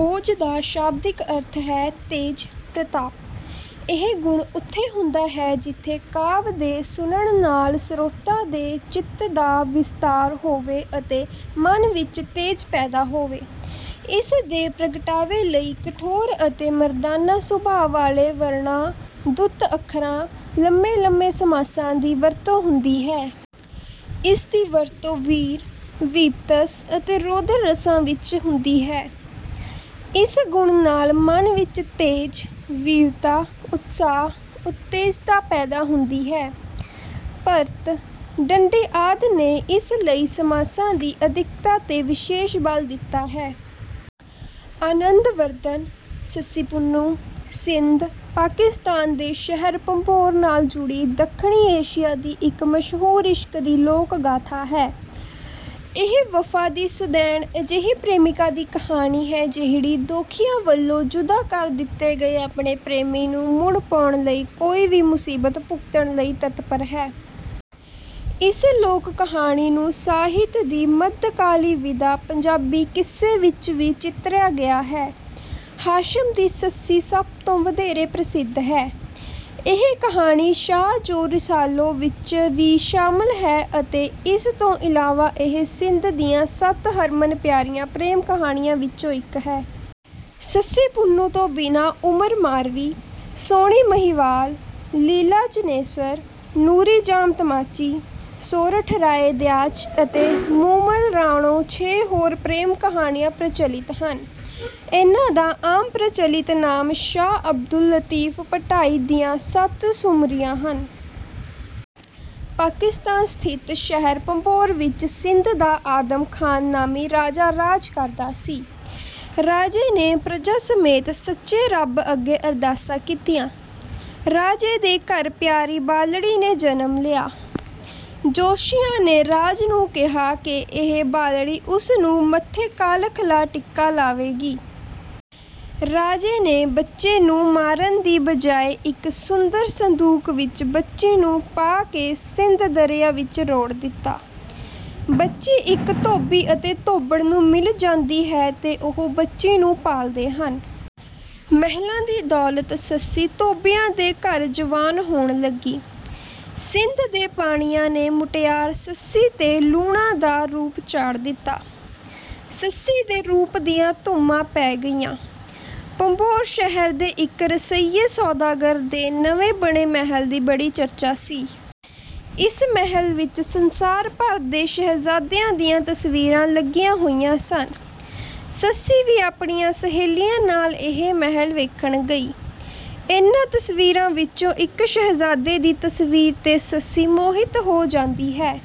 Os ਦਾ ਸ਼ਾਬਦਿਕ ਅਰਥ ਹੈ ਤੇਜ, ਪ੍ਰਤਾਪ। ਇਹ ਗੁਣ ਉੱਥੇ ਹੁੰਦਾ ਹੈ ਜਿੱਥੇ ਕਾਵਿ ਦੇ ਸੁਣਨ ਨਾਲ ਸਰੋਤਾ ਦੇ ਚਿੱਤ ਦਾ ਵਿਸਤਾਰ ਹੋਵੇ ਅਤੇ ਮਨ ਵਿੱਚ ਤੇਜ਼ ਪੈਦਾ ਹੋਵੇ। ਇਸ ਦੇ ਪ੍ਰਗਟਾਵੇ ਲਈ ਕਠੋਰ ਅਤੇ ਮਰਦਾਨਾ ਸੁਭਾਅ ਵਾਲੇ ਵਰਣਾਂ, ਦੁੱਤ ਅੱਖਰਾਂ, ਲੰਮੇ-ਲੰਮੇ ਸਮਾਸਾਂ ਦੀ ਵਰਤੋਂ ਹੁੰਦੀ ਹੈ। ਇਸ ਦੀ ਵਰਤੋਂ ਵੀਰ, ਵੀਭਤਸ ਅਤੇ ਰੌਦਰ ਰਸਾਂ ਵਿੱਚ ਹੁੰਦੀ ਹੈ। ਇਸ ਗੁਣ ਨਾਲ ਮਨ ਵਿੱਚ ਤੇਜ, ਵੀਰਤਾ, ਉਤਸਾਹ, ਉਤੇਜਤਾ ਪੈਦਾ ਹੁੰਦੀ ਹੈ। ਭਰਤ, ਦੰਡੀ ਆਦਿ ਨੇ ਇਸ ਲਈ ਸਮਾਸਾਂ ਦੀ ਅਧਿਕਤਾ 'ਤੇ ਵਿਸ਼ੇਸ਼ ਬਲ ਦਿੱਤਾ ਹੈ। ਆਨੰਦਵਰਧਨ। ਸੱਸੀ ਪੁੰਨੂੰ, ਸਿੰਧ, ਪਾਕਿਸਤਾਨ ਦੇ ਸ਼ਹਿਰ ਭੰਬੋਰ ਨਾਲ ਜੁੜੀ ਦੱਖਣੀ ਏਸ਼ੀਆ ਦੀ ਇੱਕ ਮਸ਼ਹੂਰ ਇਸ਼ਕ ਦੀ ਲੋਕ-ਗਾਥਾ ਹੈ। ਇਹ ਵਫ਼ਾ ਦੀ ਸੁਦੈਣ ਅਜਿਹੀ ਪ੍ਰੇਮਿਕਾ ਦੀ ਕਹਾਣੀ ਹੈ ਜਿਹੜੀ ਦੋਖੀਆਂ ਵੱਲੋਂ ਜੁਦਾ ਕਰ ਦਿੱਤੇ ਗਏ ਆਪਣੇ ਪ੍ਰੇਮੀ ਨੂੰ ਮੁੜ ਪਾਉਣ ਲਈ ਕੋਈ ਵੀ ਮੁਸੀਬਤ ਭੁਗਤਣ ਲਈ ਤੱਤਪਰ ਹੈ। ਇਸ ਲੋਕ-ਕਹਾਣੀ ਨੂੰ ਸਾਹਿਤ ਦੀ ਮਧਕਾਲੀ ਵਿਧਾ ਪੰਜਾਬੀ ਕਿੱਸੇ ਵਿੱਚ ਵੀ ਚਿਤਰਿਆ ਗਿਆ ਹੈ। ਹਾਸ਼ਮ ਦੀ ਸੱਸੀ ਸਭ ਤੋਂ ਵਧੇਰੇ ਪ੍ਰਸਿੱਧ ਹੈ। ਇਹ ਕਹਾਣੀ ਸ਼ਾਹ ਜੋ ਰਿਸਾਲੋ ਵਿੱਚ ਵੀ ਸ਼ਾਮਲ ਹੈ ਅਤੇ ਇਸ ਤੋਂ ਇਲਾਵਾ ਇਹ ਸਿੰਧ ਦੀਆਂ ਸੱਤ ਹਰਮਨ-ਪਿਆਰੀਆਂ ਪ੍ਰੇਮ-ਕਹਾਣੀਆਂ ਵਿੱਚੋਂ ਇੱਕ ਹੈ। ਸੱਸੀ ਪੁੰਨੂੰ ਤੋਂ ਬਿਨਾਂ ਉਮਰ ਮਾਰਵੀ, ਸੋਹਣੀ ਮਹੀਵਾਲ, ਲੀਲਾਂ ਚਨੇਸਰ, ਨੂਰੀ ਜਾਮ ਤਮਾਚੀ, ਸੋਰਠ ਰਾਏ ਦਿਆਚ ਅਤੇ ਮੂਮਲ ਰਾਣੋ ਛੇ ਹੋਰ ਪ੍ਰੇਮ-ਕਹਾਣੀਆਂ ਪ੍ਰਚਲਿਤ ਹਨ। ਇਨ੍ਹਾਂ ਦਾ ਆਮ ਪ੍ਰਚਲਿਤ ਨਾਮ ਸ਼ਾਹ ਅਬਦੁਲ ਲਤੀਫ਼ ਭੱਟਾਈ ਦੀਆਂ ਸੱਤ ਸੁਮਰੀਆਂ ਹਨ। ਪਾਕਿਸਤਾਨ ਸਥਿਤ ਸ਼ਹਿਰ ਭੰਬੋਰ ਵਿੱਚ ਸਿੰਧ ਦਾ ਆਦਮ ਖ਼ਾਨ ਨਾਮੀ ਰਾਜਾ ਰਾਜ ਕਰਦਾ ਸੀ। ਰਾਜੇ ਨੇ ਪਰਜਾ ਸਮੇਤ ਸੱਚੇ ਰੱਬ ਅੱਗੇ ਅਰਦਾਸਾਂ ਕੀਤੀਆਂ। ਰਾਜੇ ਦੇ ਘਰ ਪਿਆਰੀ ਬਾਲੜੀ ਨੇ ਜਨਮ ਲਿਆ। ਜੋਤਸ਼ੀਆਂ ਨੇ ਰਾਜ ਨੂੰ ਕਿਹਾ ਕਿ ਇਹ ਬਾਲੜੀ ਉਸ ਨੂੰ ਮੱਥੇ ਕਾਲਖ਼ ਲਾ ਟਿੱਕਾ ਲਾਵੇਗੀ। ਰਾਜੇ ਨੇ ਬੱਚੇ ਨੂੰ ਮਾਰਨ ਦੀ ਬਜਾਏ ਇੱਕ ਸੁੰਦਰ ਸੰਦੂਕ ਵਿੱਚ ਬੱਚੀ ਨੂੰ ਪਾ ਕੇ ਸਿੰਧ ਦਰਿਆ ਵਿੱਚ ਰੋੜ੍ਹ ਦਿੱਤਾ। ਬੱਚੀ ਇੱਕ ਧੋਬੀ ਅਤੇ ਧੋਬਣ ਨੂੰ ਮਿਲ ਜਾਂਦੀ ਹੈ ਤੇ ਉਹ ਬੱਚੀ ਨੂੰ ਪਾਲਦੇ ਹਨ। ਮਹਿਲਾਂ ਦੀ ਦੌਲਤ ਸੱਸੀ ਧੋਬੀਆਂ ਦੇ ਘਰ ਜਵਾਨ ਹੋਣ ਲੱਗੀ। ਸਿੰਧ ਦੇ ਪਾਣੀਆਂ ਨੇ ਮੁਟਿਆਰ ਸੱਸੀ 'ਤੇ ਲੂਣਾ ਦਾ ਰੂਪ ਚਾੜ੍ਹ ਦਿੱਤਾ। ਸੱਸੀ ਦੇ ਰੂਪ ਦੀਆਂ ਧੂਮਾਂ ਪੈ ਗਈਆਂ। ਭੰਬੋਰ ਸ਼ਹਿਰ ਦੇ ਇੱਕ ਰਸੀਏ ਸੌਦਾਗਰ ਦੇ ਨਵੇਂ ਬਣੇ ਮਹਿਲ ਦੀ ਬੜੀ ਚਰਚਾ ਸੀ। ਇਸ ਮਹਿਲ ਵਿੱਚ ਸੰਸਾਰ ਭਰ ਦੇ ਸ਼ਹਿਜ਼ਾਦਿਆਂ ਦੀਆਂ ਤਸਵੀਰਾਂ ਲੱਗੀਆਂ ਹੋਈਆਂ ਸਨ। ਸੱਸੀ ਵੀ ਆਪਣੀਆਂ ਸਹੇਲੀਆਂ ਨਾਲ ਇਹ ਮਹਿਲ ਵੇਖਣ ਗਈ। ਇਨ੍ਹਾਂ ਤਸਵੀਰਾਂ ਵਿੱਚੋਂ ਇੱਕ ਸ਼ਹਿਜ਼ਾਦੇ ਦੀ ਤਸਵੀਰ 'ਤੇ ਸੱਸੀ ਮੋਹਿਤ ਹੋ ਜਾਂਦੀ ਹੈ।